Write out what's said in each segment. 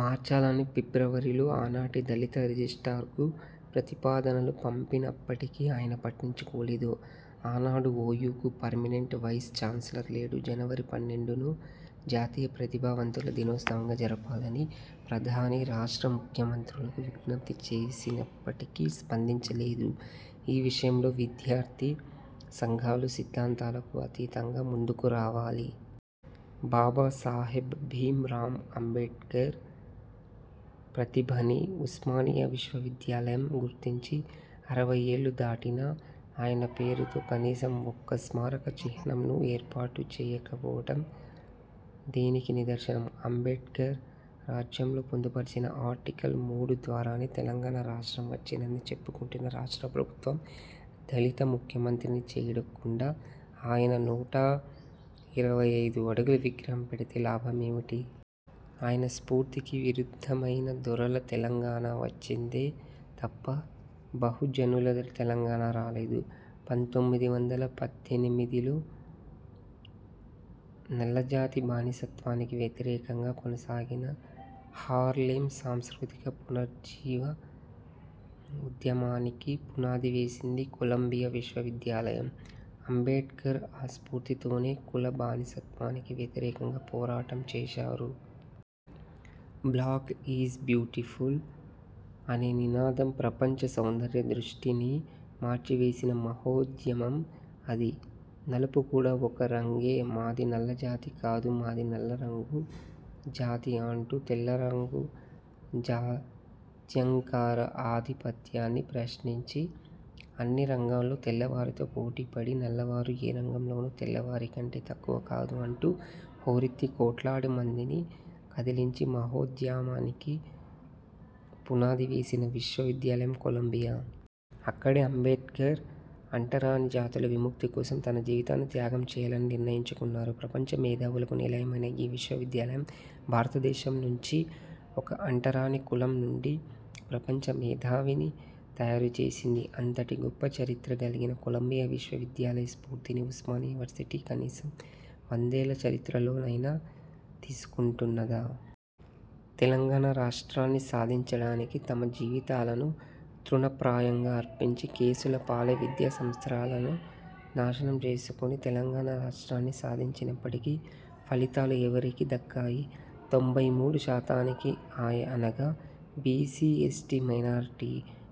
మార్చాలని ఫిబ్రవరిలో ఆనాటి దళిత రిజిస్ట్రార్కు ప్రతిపాదనలు పంపినప్పటికీ ఆయన పట్టించుకోలేదు. ఆనాడు ఓయూకు పర్మినెంట్ వైస్ ఛాన్స్లర్ లేడు. జనవరి పన్నెండును, జాతీయ ప్రతిభా వంతుల దినోత్సవంగా జరపాలని ప్రధాని, రాష్ట్ర ముఖ్య మంత్రులకు విజ్ఞప్తి చేసినప్పటికీ స్పందించలేదు. ఈ విషయంలో విద్యార్థి సంఘాలు సిద్ధాంతాలకు అతీతంగా ముందుకు రావాలి. బాబాసాహెబ్ భీం రామ్ అంబేడ్కర్ ప్రతిభని ఉస్మానియా విశ్వ విద్యాలయం గుర్తించి అరవై ఏళ్ళు దాటినా ఆయన పేరుతో కనీసం ఒక్క స్మారక చిహ్నంను ఏర్పాటు చేయకపోవడం దేనికి నిదర్శనం? అంబేడ్కర్ రాజ్యాంగంలో పొందుపర్చిన 'ఆర్టికల్ మూడు' ద్వారానే తెలంగాణ రాష్ట్రం వచ్చిందని చెప్పుకుంటున్న రాష్ట్ర ప్రభుత్వం దళిత ముఖ్య మంత్రిని చేయకుండా ఆయన నూట ఇరవై ఐదు అడుగుల విగ్రహం పెడితే లాభం ఏమిటి? ఆయన స్ఫూర్తికి విరుద్ధమైన దొరల తెలంగాణ వచ్చిందే తప్పా బహు జనుల తెలంగాణ రాలేదు. పంతొమ్మిది వందల పద్దెనిమిదిలో నల్లజాతి బానిసత్వానికి వ్యతిరేకంగా కొనసాగిన హార్లేమ్ సాంస్కృతిక పునరుజ్జీవ ఉద్యమానికి పునాది వేసింది కొలంబియా విశ్వవిద్యాలయం. అంబేడ్కర్ ఆ స్ఫూర్తితోనే కుల బానిసత్వానికి వ్యతిరేకంగా పోరాటం చేసారు. బ్లాక్ ఈజ్ బ్యూటిఫుల్ అనే నినాదం ప్రపంచ సౌందర్య దృష్టినే మార్చివేసిన మహోద్యమం అది. నలుపు కూడా ఒక రంగే మాది నల్లజాతి కాదు మాది నల్లరంగు జాతి అంటూ తెల్లరంగు జాత్యంకార ఆధిపత్యాన్ని ప్రశ్నించి అన్ని రంగాల్లో తెల్ల వారితో పోటీ పడి నల్ల వారు ఏ రంగంలోనూ తెల్లవారి కంటే తక్కువ కాదు అంటూ హోరెత్తి కోట్లాది మందిని కదిలించి మహోద్యమానికి పునాది వేసిన విశ్వ విద్యాలయం కొలంబియా. అక్కడే అంబేడ్కర్ అంటరాని జాతుల విముక్తి కోసం తన జీవితాన్ని త్యాగం చేయాలని నిర్ణయించుకున్నారు. ప్రపంచ మేధావులకు నిలయమైన ఈ విశ్వవిద్యాలయం భారతదేశం నుంచి ఒక అంటరాని కులం నుండి ప్రపంచ మేధావిని తయారుచేసింది. అంతటి గొప్పచరిత్ర కల్గిన కొలంబియా విశ్వ విద్యాలయ స్ఫూర్తిని ఉస్మానియా వర్సిటీ కనీసం వందేళ్ళ చరిత్రలోనైనా తీసుకుంటున్నదా? తెలంగాణ రాష్ట్రాన్ని సాధించడానికి తమ జీవితాలను తృణ ప్రాయంగా అర్పించి కేసుల పాలై విద్యా సంవత్సరాలను నాశనం చేసుకొని తెలంగాణ రాష్ట్రాన్ని సాధించినప్పటికి ఫలితాలు ఎవరికి దక్కాయి? తొంభై మూడు శాతానికి అనగా బీసీ ఎస్టీ మైనార్టీ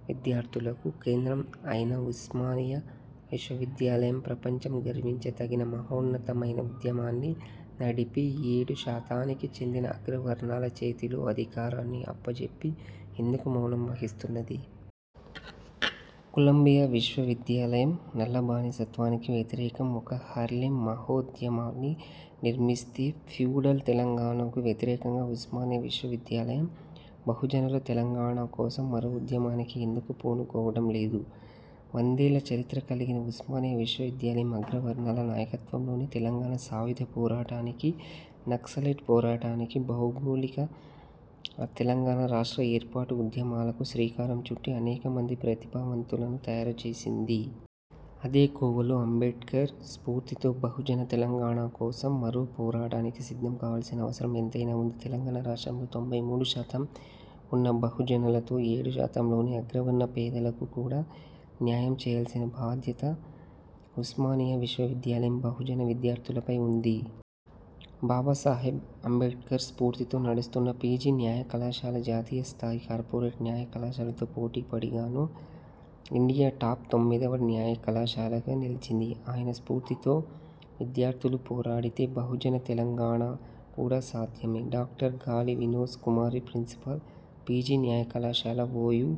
విద్యార్థులకు కేంద్ర అయిన ఉస్మానియా విశ్వ విద్యాలయం ప్రపంచం గర్వించ తగిన మహోన్నతమైన ఉద్యమాన్ని నడిపి ఏడు శాతానికి చెందిన అగ్రవర్ణాల చేతిలో అధికారాన్ని అప్ప జెప్పి ఎందుకు మౌనం వహిస్తున్నది? కొలంబియా విశ్వవిద్యాలయం నల్లబానిసత్వానికి వ్యతిరేకం ఒక హర్లేమ్ మహోద్యమాన్ని నిర్మిస్తే ఫ్యూడల్ తెలంగాణకు వ్యతిరేకంగా ఉస్మానియా విశ్వ విద్యాలయం బహుజనుల తెలంగాణ కోసం మరో ఉద్యమానికి ఎందుకు పూనుకోవడం లేదు? వందేళ్ళ చరిత్ర కల్గిన ఉస్మానియా విశ్వ విద్యాలయం అగ్రవర్ణాల నాయకత్వంలోని తెలంగాణ సాయుధ పోరాటానికి, నక్సలైట్ పోరాటానికి, భౌగోళిక తెలంగాణ రాష్ట్ర ఏర్పాటు ఉద్యమాలకు శ్రీకారం చుట్టి, అనేక మంది ప్రతిభావంతులను తయారు చేసింది. అదే కోవలో అంబేడ్కర్ స్ఫూర్తితో బహుజన తెలంగాణ కోసం మరో పోరాటానికి సిద్ధం కావాల్సిన అవసరం ఎంతైనా ఉంది. తెలంగాణ రాష్ట్రంలో తొంభై మూడు శాతం ఉన్న బహుజనులతో ఏడు శాతంలోని అగ్రవర్ణ పేదలకు కూడా న్యాయం చేయాల్సిన బాధ్యత ఉస్మానియా విశ్వవిద్యాలయం బహుజన విద్యార్థులపై ఉంది. బాబాసాహెబ్ అంబేడ్కర్ స్ఫూర్తితో నడుస్తున్న పీజీ న్యాయకళాశాల, జాతీయ స్థాయి కార్పొరేట్ న్యాయ కళాశాలతో పోటీపడి గాను ఇండియా టాప్ తొమ్మిదివ న్యాయ కళాశాలగా నిలిచింది. ఆయన స్ఫూర్తితో విద్యార్థులు పోరాడితే బహుజన తెలంగాణ కూడా సాధ్యమే. Doctor Gali Vinod Kumari principal, PG న్యాయకళాశాల, ఓయూ